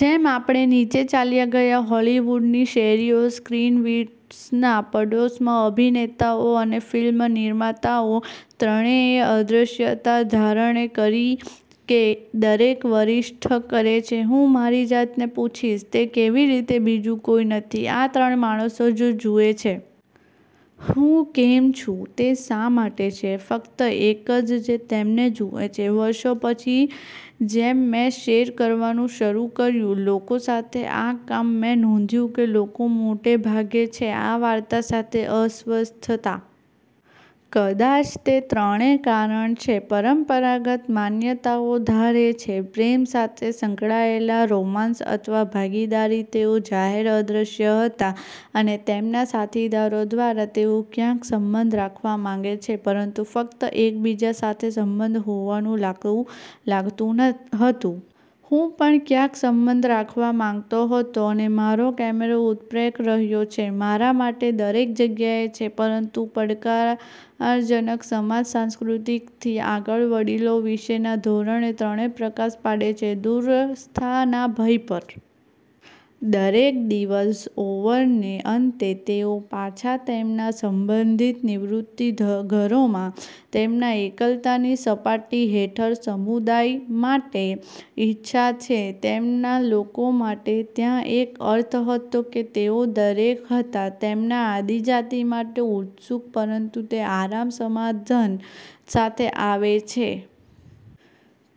જેમ આપણે નીચે ચાલ્યા ગયા હોલીવૂડની શેરીઓ, સ્ક્રીનવીટર્સના પડોશમાં, અભિનેતાઓ અને ફિલ્મ નિર્માતાઓ, ત્રણેયએ અદ્રશ્યતા ધારણ કરી કે દરેક વરિષ્ઠ કરે છે. હું મારી જાતને પૂછીશ, "તે કેવી રીતે બીજું કોઈ નથી આ ત્રણ માણસો જુએ છે? હું કેમ છું તે શા માટે છે ફક્ત એક જ જે તેમને જુએ છે? " વર્ષો પછી, જેમ મેં શેર કરવાનું શરૂ કર્યું લોકો સાથે આ કામ, મેં નોંધ્યું કે લોકો મોટે ભાગે છે આ વાર્તા સાથે અસ્વસ્થતા. કદાચ તે ત્રણેય કારણ છે પરંપરાગત માન્યતાઓ ધારે છે પ્રેમ સાથે સંકળાયેલ, રોમાંસ અથવા ભાગીદારી. તેઓ જાહેરમાં અદ્રશ્ય હતા અને તેમના સાથીદારો દ્વારા. તેઓ ક્યાંક સંબંધ રાખવા માંગે છે પરંતુ ફક્ત એકબીજા સાથે સંબંધ હોવાનું લાગતું હતું. હું પણ ક્યાંક સંબંધ રાખવા માંગતો હતો. અને મારો કૅમેરો ઉત્પ્રેરક રહ્યો છે મારા માટે દરેક જગ્યાએ છે. પરંતુ પડકારજનક સમાજ-સાંસ્કૃતિકથી આગળ વડીલો વિશેના ધોરણો, ત્રણેય પ્રકાશ પાડે છે દૂરસ્થતા ના ભય પર. દરેક દિવસ ઓવરને અંતે, તેઓ પાછા તેમના સંબંધિત નિવૃત્તિ ઘરોમાં. તેમના એકલતા ની સપાટી હેઠળ, સમુદાય માટે ઇચ્છા છે, તેમના લોકો માટે. ત્યાં એક અર્થ હતો કે તેઓ દરેક હતા તેમના આદિજાતિ માટે ઉત્સુક, પરંતુ તે આરામ સમાધાન સાથે આવે છે,।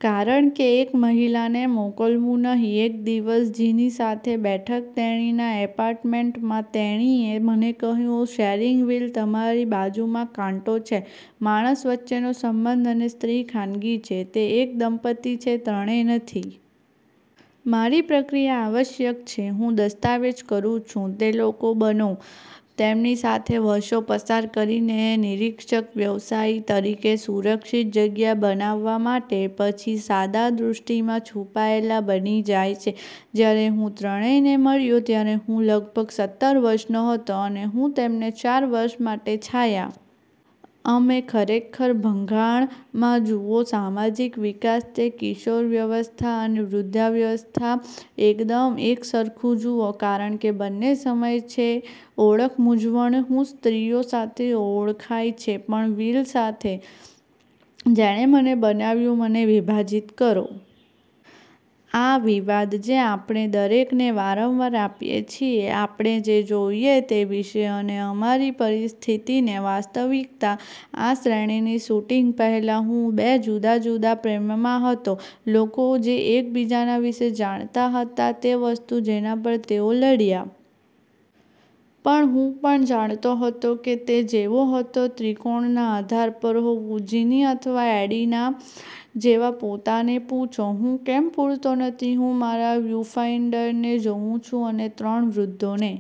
કારણ કે એક મહિલાને મોકલવું નહીં. એક દિવસ જીની સાથે બેઠક તેણીના ઍપાર્ટમેન્ટમાં, તેણીએ મને કહ્યું, "શેરિંગ વીલ તમારી બાજુમાં કાંટો છે. માણસ વચ્ચેનો સંબંધ અને સ્ત્રી ખાનગી છે. તે એક દંપતિ છે, ત્રણેય નથી. " મારી પ્રક્રિયા આવશ્યક છે હું દસ્તાવેજ કરું છું તે લોકો બનો તેમની સાથે વર્ષો પસાર કરીને નિરીક્ષક-વ્યવસાયી તરીકે, સુરક્ષિત જગ્યા બનાવવા માટે, પછી સાદા દૃષ્ટિ માં છુપાયેલા બની જાય છે. જ્યારે હું ત્રણેયને મળ્યો ત્યારે હું લગભગ સત્તર વર્ષનો હતો, અને હું તેમને ચાર વર્ષ માટે છાયા. અમે ખરેખર, ભંગાણ માં જુઓ સામાજિક વિકાસ, તે કિશોરાવસ્થા અને વૃદ્ધાવસ્થા એકદમ એકસરખું જુઓ, કારણ કે બંને સમય છે ઓળખ મૂંઝવણ. હું સ્ત્રીઓ સાથે ઓળખાય છે. પણ વિલ સાથે, જેણે મને બનાવ્યું મને વિભાજીત કરો. આ વિવાદ જે આપણે દરેકને વારંવાર આપીએ છીએ આપણે જે જોઈએ તે વિશે અને અમારી પરિસ્થિતિની વાસ્તવિકતા. આ શ્રેણીની શૂટિંગ પહેલાં, હું બે જુદા જુદા પ્રેમમાં હતો લોકો જે એકબીજા વિશે જાણતા હતા, તે વસ્તુ જેના પર તેઓ લડ્યા. પણ હું પણ જાણતો હતો કે તે જેવો હતો ત્રિકોણના આધાર પર હોવું, જીની અથવા એડિના જેવા, પોતાને પૂછો, "હું કેમ પૂરતો નથી? " હું મારા વ્યુફાઈન્ડરને જોઉં છું અને ત્રણ વૃદ્ધોને